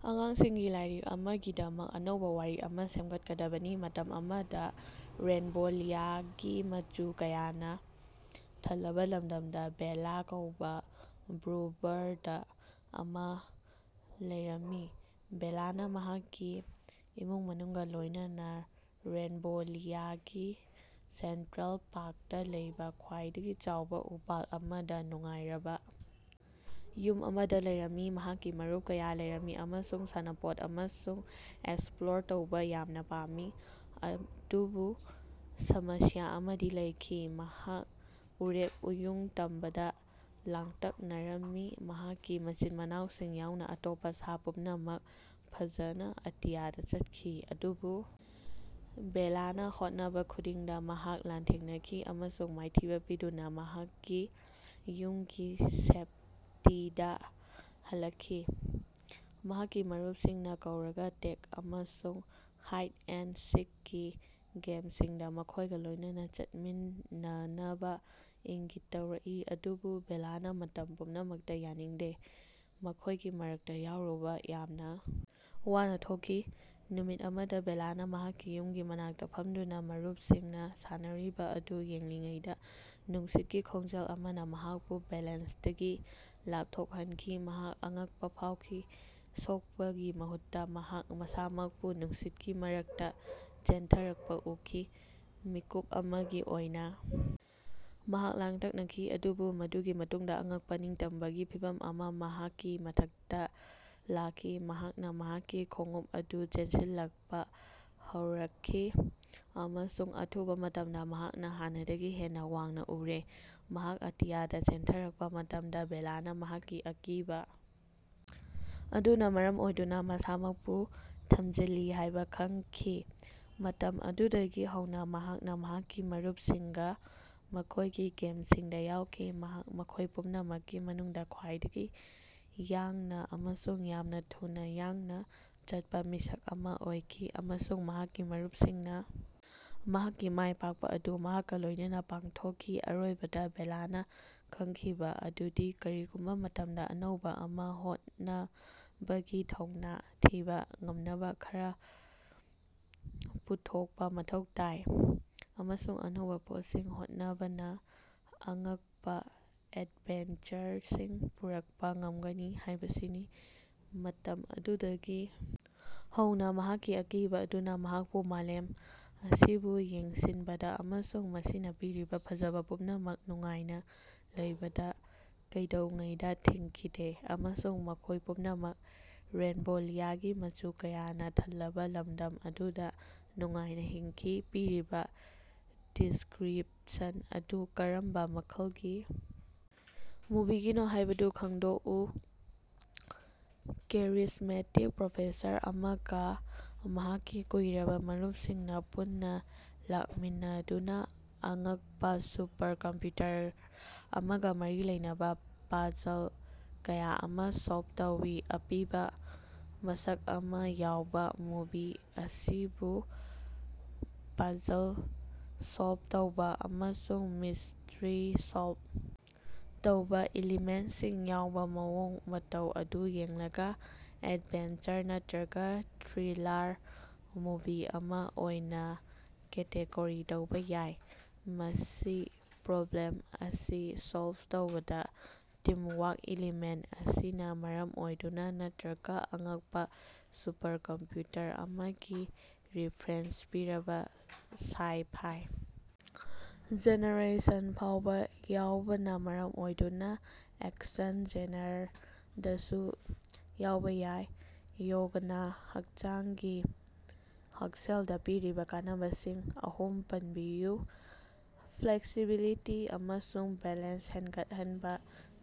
ꯑꯉꯥꯡꯁꯤꯡꯒꯤ ꯂꯥꯏꯔꯤꯛ ꯑꯃꯒꯤꯗꯃꯛ ꯑꯅꯧꯕꯥ ꯋꯥꯔꯤ ꯑꯃꯥ ꯁꯦꯝꯒꯠꯀꯗꯕꯅꯤ꯫ ꯃꯇꯝ ꯑꯃꯗꯥ ꯔꯦꯟꯕꯣꯂꯤꯌꯥꯒꯤ ꯃꯆꯨ ꯀꯌꯥꯅꯥ ꯊꯜꯂꯕꯥ ꯂꯝꯗꯝꯗꯥ ꯕꯦꯜꯂꯥ ꯀꯧꯕꯥ ꯕ꯭ꯂꯨꯕꯔꯗ ꯑꯃꯥ ꯂꯩꯔꯝꯃꯤ꯫ ꯕꯦꯜꯂꯥꯅꯥ ꯃꯍꯥꯛꯀꯤ ꯏꯃꯨꯡ ꯃꯅꯨꯡꯒꯥ ꯂꯣꯏꯅꯅꯥ ꯔꯦꯟꯕꯣꯂꯤꯌꯥꯒꯤ ꯁꯦꯟꯇ꯭ꯔꯦꯜ ꯄꯥꯛꯇꯥ ꯂꯩꯕꯥ ꯈ꯭ꯋꯥꯏꯗꯒꯤ ꯆꯥꯎꯕꯥ ꯎꯄꯥꯜ ꯑꯃꯗꯥ ꯅꯨꯡꯉꯥꯏꯔꯕꯥ ꯌꯨꯝ ꯑꯃꯗꯥ ꯂꯩꯔꯝꯃꯤ꯫ ꯃꯍꯥꯛꯀꯤ ꯃꯔꯨꯞ ꯀꯌꯥ ꯂꯩꯔꯝꯃꯤ ꯑꯃꯁꯨꯡ ꯁꯥꯟꯅꯄꯣꯠ ꯑꯃꯁꯨꯡ ꯑꯦꯛꯁꯄ꯭ꯂꯣꯔ ꯇꯧꯕꯥ ꯌꯥꯝꯅꯥ ꯄꯥꯝꯃꯤ ꯑꯗꯨꯕꯨ ꯁꯃꯁ꯭ꯌꯥ ꯑꯃꯗꯤ ꯂꯩꯈꯤ꯫ ꯃꯍꯥꯛ ꯎꯔꯦꯞ ꯎꯌꯨꯡ ꯇꯝꯕꯗꯥ ꯂꯥꯡꯇꯛꯅꯔꯝꯃꯤ꯫ ꯃꯍꯥꯛꯀꯤ ꯃꯆꯤꯟ-ꯃꯅꯥꯎꯁꯤꯡ ꯌꯥꯎꯅꯥ ꯑꯇꯣꯞꯄꯥ ꯁꯥ ꯄꯨꯝꯅꯃꯛ ꯐꯖꯅꯥ ꯑꯇꯤꯌꯥꯗꯥ ꯆꯠꯈꯤ ꯑꯗꯨꯕꯨ ꯕꯦꯜꯂꯥꯅꯥ ꯍꯣꯠꯅꯕꯥ ꯈꯨꯗꯤꯡꯗꯥ ꯃꯍꯥꯛ ꯂꯥꯟꯊꯦꯡꯅꯈꯤ ꯑꯃꯁꯨꯡ ꯃꯥꯏꯊꯤꯕꯥ ꯄꯤꯗꯨꯅꯥ ꯃꯍꯥꯛꯀꯤ ꯌꯨꯝꯒꯤ ꯁꯦꯞꯇꯤꯗꯥ ꯍꯜꯂꯛꯈꯤ꯫ ꯃꯍꯥꯛꯀꯤ ꯃꯔꯨꯞꯁꯤꯡꯅꯥ ꯀꯧꯔꯒꯥ ꯇꯦꯛ ꯑꯃꯁꯨꯡ ꯍꯥꯏꯠ-ꯑꯦꯟ-ꯁꯤꯛꯀꯤ ꯒꯦꯝꯁꯤꯡꯗꯥ ꯃꯈꯣꯏꯒꯥ ꯂꯣꯏꯅꯅꯥ ꯆꯠꯃꯤꯟꯅꯅꯕꯥ ꯏꯪꯒꯤꯠ ꯇꯧꯔꯛꯏ ꯑꯗꯨꯕꯨ ꯕꯦꯜꯂꯥꯅꯥ ꯃꯇꯝ ꯄꯨꯝꯅꯃꯛꯇꯥ ꯌꯥꯅꯤꯡꯗꯦ, ꯃꯈꯣꯏꯒꯤ ꯃꯔꯛꯇꯥ ꯌꯥꯎꯔꯨꯕꯥ ꯌꯥꯝꯅꯥ ꯋꯥꯅꯥ ꯊꯣꯛꯈꯤ꯫ ꯅꯨꯃꯤꯠ ꯑꯃꯗꯥ ꯕꯦꯜꯂꯥꯅꯥ ꯃꯍꯥꯛꯀꯤ ꯌꯨꯝꯒꯤ ꯃꯅꯥꯛꯇꯥ ꯐꯝꯗꯨꯅꯥ ꯃꯔꯨꯞꯁꯤꯡꯅꯥ ꯁꯥꯟꯅꯔꯤꯕꯥ ꯑꯗꯨ ꯌꯦꯡꯂꯤꯉꯩꯗꯥ ꯅꯨꯡꯁꯤꯠꯀꯤ ꯈꯣꯡꯖꯦꯜ ꯑꯃꯅꯥ ꯃꯍꯥꯛꯄꯨ ꯕꯦꯂꯦꯟꯁꯇꯒꯤ ꯂꯥꯞꯊꯣꯛꯍꯟꯈꯤ꯫ ꯃꯍꯥꯛ ꯑꯉꯛꯄꯥ ꯐꯥꯎꯈꯤ, ꯁꯣꯛꯄꯒꯤ ꯃꯍꯨꯠꯇꯥ ꯃꯍꯥꯛ ꯃꯁꯥꯃꯛꯄꯨ ꯅꯨꯡꯁꯤꯠꯀꯤ ꯃꯔꯛꯇꯥ ꯆꯦꯟꯊꯔꯛꯄꯥ ꯎꯈꯤ꯫ ꯃꯤꯀꯨꯞ ꯑꯃꯒꯤ ꯑꯣꯏꯅꯥ ꯃꯍꯥꯛ ꯂꯥꯡꯇꯛꯅꯈꯤ, ꯑꯗꯨꯕꯨ ꯃꯗꯨꯒꯤ ꯃꯇꯨꯡꯗꯥ ꯑꯉꯛꯄꯥ ꯅꯤꯡꯇꯝꯕꯒꯤ ꯐꯤꯚꯝ ꯑꯃꯥ ꯃꯍꯥꯛꯀꯤ ꯃꯊꯛꯇꯥ ꯂꯥꯛꯈꯤ꯫ ꯃꯍꯥꯛꯅꯥ ꯃꯍꯥꯛꯀꯤ ꯈꯣꯡꯎꯞ ꯑꯗꯨ ꯆꯦꯟꯁꯤꯜꯂꯛꯄꯥ ꯍꯧꯔꯛꯈꯤ ꯑꯃꯁꯨꯡ ꯑꯊꯨꯕꯥ ꯃꯇꯝꯗꯥ ꯃꯍꯥꯛꯅꯥ ꯍꯥꯟꯅꯗꯒꯤ ꯍꯦꯟꯅꯥ ꯋꯥꯡꯅꯥ ꯎꯔꯦ꯫ ꯃꯍꯥꯛ ꯑꯇꯤꯌꯥꯗꯥ ꯆꯦꯟꯊꯔꯛꯄꯥ ꯃꯇꯝꯗꯥ ꯕꯦꯜꯂꯥꯅꯥ ꯃꯍꯥꯛꯀꯤ ꯑꯀꯤꯕꯥ ꯑꯗꯨꯅꯥ ꯃꯔꯝ ꯑꯣꯏꯗꯨꯅꯥ ꯃꯁꯥꯃꯛꯄꯨ ꯊꯝꯖꯤꯜꯂꯤ ꯍꯥꯏꯕꯥ ꯈꯪꯈꯤ꯫ ꯃꯇꯝ ꯑꯗꯨꯗꯒꯤ ꯍꯧꯅꯥ ꯃꯍꯥꯛꯅꯥ ꯃꯍꯥꯛꯀꯤ ꯃꯔꯨꯞꯁꯤꯡꯒꯥ ꯃꯈꯣꯏꯒꯤ ꯒꯦꯝꯁꯤꯡꯗꯥ ꯌꯥꯎꯈꯤ꯫ ꯃꯍꯥꯛ ꯃꯈꯣꯏ ꯄꯨꯝꯅꯃꯛꯀꯤ ꯃꯅꯨꯡꯗꯥ ꯈ꯭ꯋꯥꯏꯗꯒꯤ ꯌꯥꯡꯅꯥ ꯑꯃꯁꯨꯡ ꯌꯥꯝꯅꯥ ꯊꯨꯅꯥ ꯌꯥꯡꯅꯥ ꯆꯠꯄꯥ ꯃꯤꯁꯛ ꯑꯃꯥ ꯑꯣꯏꯈꯤ ꯑꯃꯁꯨꯡ ꯃꯍꯥꯛꯀꯤ ꯃꯔꯨꯞꯁꯤꯡꯅꯥ ꯃꯍꯥꯛꯀꯤ ꯃꯥꯏꯄꯥꯛꯄꯥ ꯑꯗꯨ ꯃꯍꯥꯛꯀꯥ ꯂꯣꯏꯅꯅꯥ ꯄꯥꯡꯊꯣꯛꯈꯤ꯫ ꯑꯔꯣꯏꯕꯗꯥ ꯕꯦꯜꯂꯥꯅꯥ ꯈꯪꯂꯛꯈꯤ ꯃꯗꯨꯗꯤ ꯀꯔꯤꯒꯨꯝꯕꯥ ꯃꯇꯝꯗꯥ ꯑꯅꯧꯕꯥ ꯑꯃꯥ ꯍꯣꯠꯅꯕꯒꯤ ꯊꯧꯅꯥ ꯊꯤꯕꯥ ꯉꯝꯅꯕꯥ ꯈꯔꯥ ꯄꯨꯊꯣꯛꯄꯥ ꯃꯊꯧ ꯇꯥꯏ꯫ ꯑꯃꯁꯨꯡ ꯑꯅꯧꯕꯥ ꯄꯣꯠꯁꯤꯡ ꯍꯣꯠꯅꯕꯅꯥ ꯑꯉꯛꯄꯥ ꯑꯦꯗꯚꯦꯟꯆꯔꯁꯤꯡ ꯄꯨꯔꯛꯄꯥ ꯉꯝꯒꯅꯤ ꯍꯥꯏꯕꯁꯤꯅꯤ꯫ ꯃꯇꯝ ꯑꯗꯨꯗꯒꯤ ꯍꯧꯅꯥ ꯃꯍꯥꯛꯀꯤ ꯑꯀꯤꯕꯥ ꯑꯗꯨꯅꯥ ꯃꯍꯥꯛꯄꯨ ꯃꯥꯂꯦꯝ ꯑꯁꯤꯕꯨ ꯌꯦꯡꯁꯤꯟꯕꯗꯥ ꯑꯃꯁꯨꯡ ꯃꯁꯤꯅꯥ ꯄꯤꯔꯤꯕꯥ ꯐꯖꯕꯥ ꯄꯨꯝꯅꯃꯛ ꯅꯨꯡꯉꯥꯏꯅꯥ ꯂꯧꯕꯗꯥ ꯀꯩꯗꯧꯉꯩꯗꯥ ꯊꯤꯡꯈꯤꯗꯦ꯫ ꯑꯃꯁꯨꯡ ꯃꯈꯣꯏ ꯄꯨꯝꯅꯃꯛ ꯔꯦꯟꯕꯣꯂꯤꯌꯥꯒꯤ ꯃꯆꯨ ꯀꯌꯥꯅꯥ ꯊꯜꯂꯕꯥ ꯂꯝꯗꯝ ꯑꯗꯨꯗꯥ ꯅꯨꯡꯉꯥꯏꯅꯥ ꯍꯤꯡꯈꯤ꯫ ꯄꯤꯔꯤꯕꯥ ꯗꯤꯁꯀ꯭ꯔꯤꯄꯁꯟ ꯑꯗꯨ ꯀꯔꯝꯕꯥ ꯃꯈꯜꯒꯤ ꯃꯨꯚꯤꯒꯤꯅꯣ ꯍꯥꯏꯕꯗꯨ ꯈꯪꯗꯣꯛꯎ꯫ ꯀꯦꯔꯤꯖꯃꯦꯇꯤꯛ ꯄ꯭ꯔꯣꯐꯦꯁꯔ ꯑꯃꯒꯥ ꯃꯍꯥꯛꯀꯤ ꯀꯨꯏꯔꯕꯥ ꯃꯔꯨꯞꯁꯤꯡꯅꯥ ꯄꯨꯟꯅꯥ ꯂꯥꯛꯃꯤꯟꯅꯗꯨꯅꯥ ꯑꯉꯛꯄꯥ ꯁꯨꯄꯔꯀꯝꯄ꯭ꯌꯨꯇꯔ ꯑꯃꯒꯥ ꯃꯔꯤ ꯂꯩꯅꯕꯥ ꯄꯥꯖꯜ ꯀꯌꯥ ꯑꯃꯥ ꯁꯣꯜꯕ ꯇꯧꯏ꯫ ꯑꯄꯤꯕꯥ ꯃꯁꯛ ꯑꯃꯥ ꯌꯥꯎꯕꯥ ꯃꯨꯚꯤ ꯑꯁꯤꯕꯨ ꯄꯥꯖꯜ ꯁꯣꯜꯕ ꯇꯧꯕꯥ ꯑꯃꯁꯨꯡ ꯃꯤꯁꯇ꯭ꯔꯤ ꯁꯣꯜꯕ ꯇꯧꯕꯥ ꯏꯂꯤꯃꯦꯟꯁꯤꯡ ꯌꯥꯎꯕꯥ ꯃꯑꯣꯡ ꯃꯇꯧ ꯑꯗꯨ ꯌꯦꯡꯂꯒꯥ ꯑꯦꯗꯚꯦꯟꯆꯔ ꯅꯠꯇ꯭ꯔꯒꯥ ꯊ꯭ꯔꯤꯂꯥꯔ ꯃꯨꯚꯤ ꯑꯃꯥ ꯑꯣꯏꯅꯥ ꯀꯦꯇꯦꯒꯣꯔꯤ ꯇꯧꯕꯥ ꯌꯥꯏ꯫ ꯃꯁꯤ ꯄ꯭ꯔꯣꯕ꯭ꯂꯦꯝ ꯑꯁꯤ ꯁꯣꯜꯕ ꯇꯧꯕꯗꯥ ꯇꯤꯝꯋꯥꯛ ꯏꯂꯤꯃꯦꯟ ꯑꯁꯤꯅꯥ ꯃꯔꯝ ꯑꯣꯏꯗꯨꯅꯥ ꯅꯠꯇ꯭ꯔꯒꯥ ꯑꯉꯛꯄꯥ ꯁꯨꯄꯔꯀꯝꯄ꯭ꯌꯨꯇꯔ ꯑꯃꯒꯤ ꯔꯤꯐꯔꯦꯟꯁ ꯄꯤꯔꯕꯥ ꯁꯥꯏ-ꯐꯥꯏ ꯖꯦꯅꯔꯦꯁꯟ ꯐꯥꯎꯕꯥ ꯌꯥꯎꯕꯅꯥ ꯃꯔꯝ ꯑꯣꯏꯗꯨꯅꯥ ꯑꯦꯛꯁꯟ ꯖꯦꯅꯔꯗꯁꯨ ꯌꯥꯎꯕꯥ ꯌꯥꯏ꯫ ꯌꯣꯒꯅꯥ ꯍꯛꯆꯥꯡꯒꯤ ꯍꯛꯁꯦꯜꯗꯥ ꯄꯤꯔꯤꯕꯥ ꯀꯥꯟꯅꯕꯁꯤꯡ ꯑꯍꯨꯝ ꯄꯟꯕꯤꯌꯨ꯫ ꯐ꯭ꯂꯦꯛꯁꯤꯕꯤꯂꯤꯇꯤ ꯑꯃꯁꯨꯡ ꯕꯦꯂꯦꯟꯁ ꯍꯦꯟꯒꯠꯍꯟꯕꯥ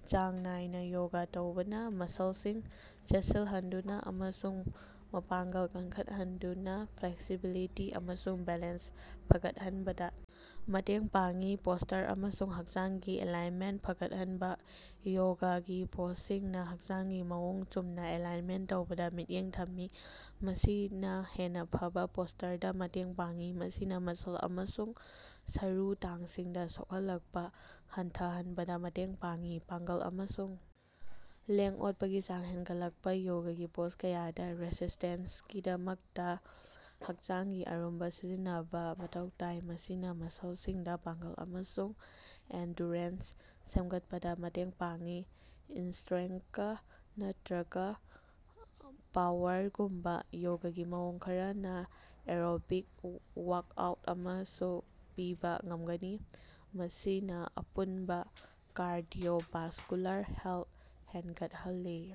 ꯆꯥꯡ ꯅꯥꯏꯅꯥ ꯌꯣꯒꯥ ꯇꯧꯕꯅꯥ ꯃꯁꯜꯁꯤꯡ ꯆꯦꯠꯁꯤꯂꯍꯟꯗꯨꯅꯥ ꯑꯃꯁꯨꯡ ꯃꯄꯥꯡꯒꯜ ꯀꯟꯈꯠꯍꯟꯗꯨꯅꯥ ꯐ꯭ꯂꯦꯛꯁꯤꯕꯤꯂꯤꯇꯤ ꯑꯃꯁꯨꯡ ꯕꯦꯂꯦꯟꯁ ꯐꯒꯠꯍꯟꯕꯗꯥ ꯃꯇꯦꯡ ꯄꯥꯡꯏ꯫ ꯄꯣꯁꯇꯔ ꯑꯃꯁꯨꯡ ꯍꯛꯆꯥꯡꯒꯤ ꯑꯦꯂꯥꯏꯟꯃꯦꯟ ꯐꯒꯠꯍꯟꯕꯥ ꯌꯣꯒꯥꯒꯤ ꯄꯣꯖꯁꯤꯡꯅꯥ ꯍꯛꯆꯥꯡꯒꯤ ꯃꯑꯣꯡ ꯆꯨꯝꯅꯥ ꯑꯦꯂꯥꯏꯟꯃꯦꯟ ꯇꯧꯕꯗꯥ ꯃꯤꯠꯌꯦꯡ ꯊꯝꯃꯤ, ꯃꯁꯤꯅꯥ ꯍꯦꯟꯅꯥ ꯐꯕꯥ ꯄꯣꯁꯇꯔꯗꯥ ꯃꯇꯦꯡ ꯄꯥꯡꯏ, ꯃꯁꯤꯅꯥ ꯃꯁꯜ ꯑꯃꯁꯨꯡ ꯁꯔꯨ ꯇꯥꯡꯁꯤꯡꯗꯥ ꯁꯣꯛꯍꯜꯂꯛꯄꯥ ꯍꯟꯊꯍꯟꯕꯗꯥ ꯃꯇꯦꯡ ꯄꯥꯡꯏ꯫ ꯄꯥꯡꯒꯜ ꯑꯃꯁꯨꯡ ꯂꯦꯡ-ꯑꯣꯠꯄꯒꯤ ꯆꯥꯡ ꯍꯦꯟꯒꯠꯂꯛꯄꯥ ꯌꯣꯒꯥꯒꯤ ꯄꯣꯖ ꯀꯌꯥꯗꯥ ꯔꯦꯁꯤꯁꯇꯦꯟꯁꯀꯤꯗꯃꯛꯇꯥ ꯍꯛꯆꯥꯡꯒꯤ ꯑꯔꯨꯝꯕꯥ ꯁꯤꯖꯤꯟꯅꯕꯥ ꯃꯊꯧ ꯇꯥꯏ, ꯃꯁꯤꯅꯥ ꯃꯁꯜꯁꯤꯡꯗꯥ ꯄꯥꯡꯒꯜ ꯑꯃꯁꯨꯡ ꯑꯦꯟꯗꯨꯔꯦꯟꯁ ꯁꯦꯝꯒꯠꯄꯗꯥ ꯃꯇꯦꯡ ꯄꯥꯡꯏ꯫ ꯏꯁꯇ꯭ꯔꯦꯡꯀ ꯅꯠꯇ꯭ꯔꯒꯥ ꯄꯥꯋꯔꯒꯨꯝꯕꯥ ꯌꯣꯒꯒꯤ ꯃꯑꯣꯡ ꯈꯔꯅꯥ ꯑꯦꯔꯣꯕꯤꯛ ꯋꯥꯛꯑꯥꯎꯠ ꯑꯃꯁꯨ ꯄꯤꯕꯥ ꯉꯝꯒꯅꯤ, ꯃꯁꯤꯅꯥ ꯑꯄꯨꯟꯕꯥ ꯀꯥꯔꯗꯤꯑꯣꯚꯥꯁꯀꯨꯂꯥꯔ ꯍꯦꯜꯊ ꯍꯦꯟꯒꯠꯍꯜꯂꯤ꯫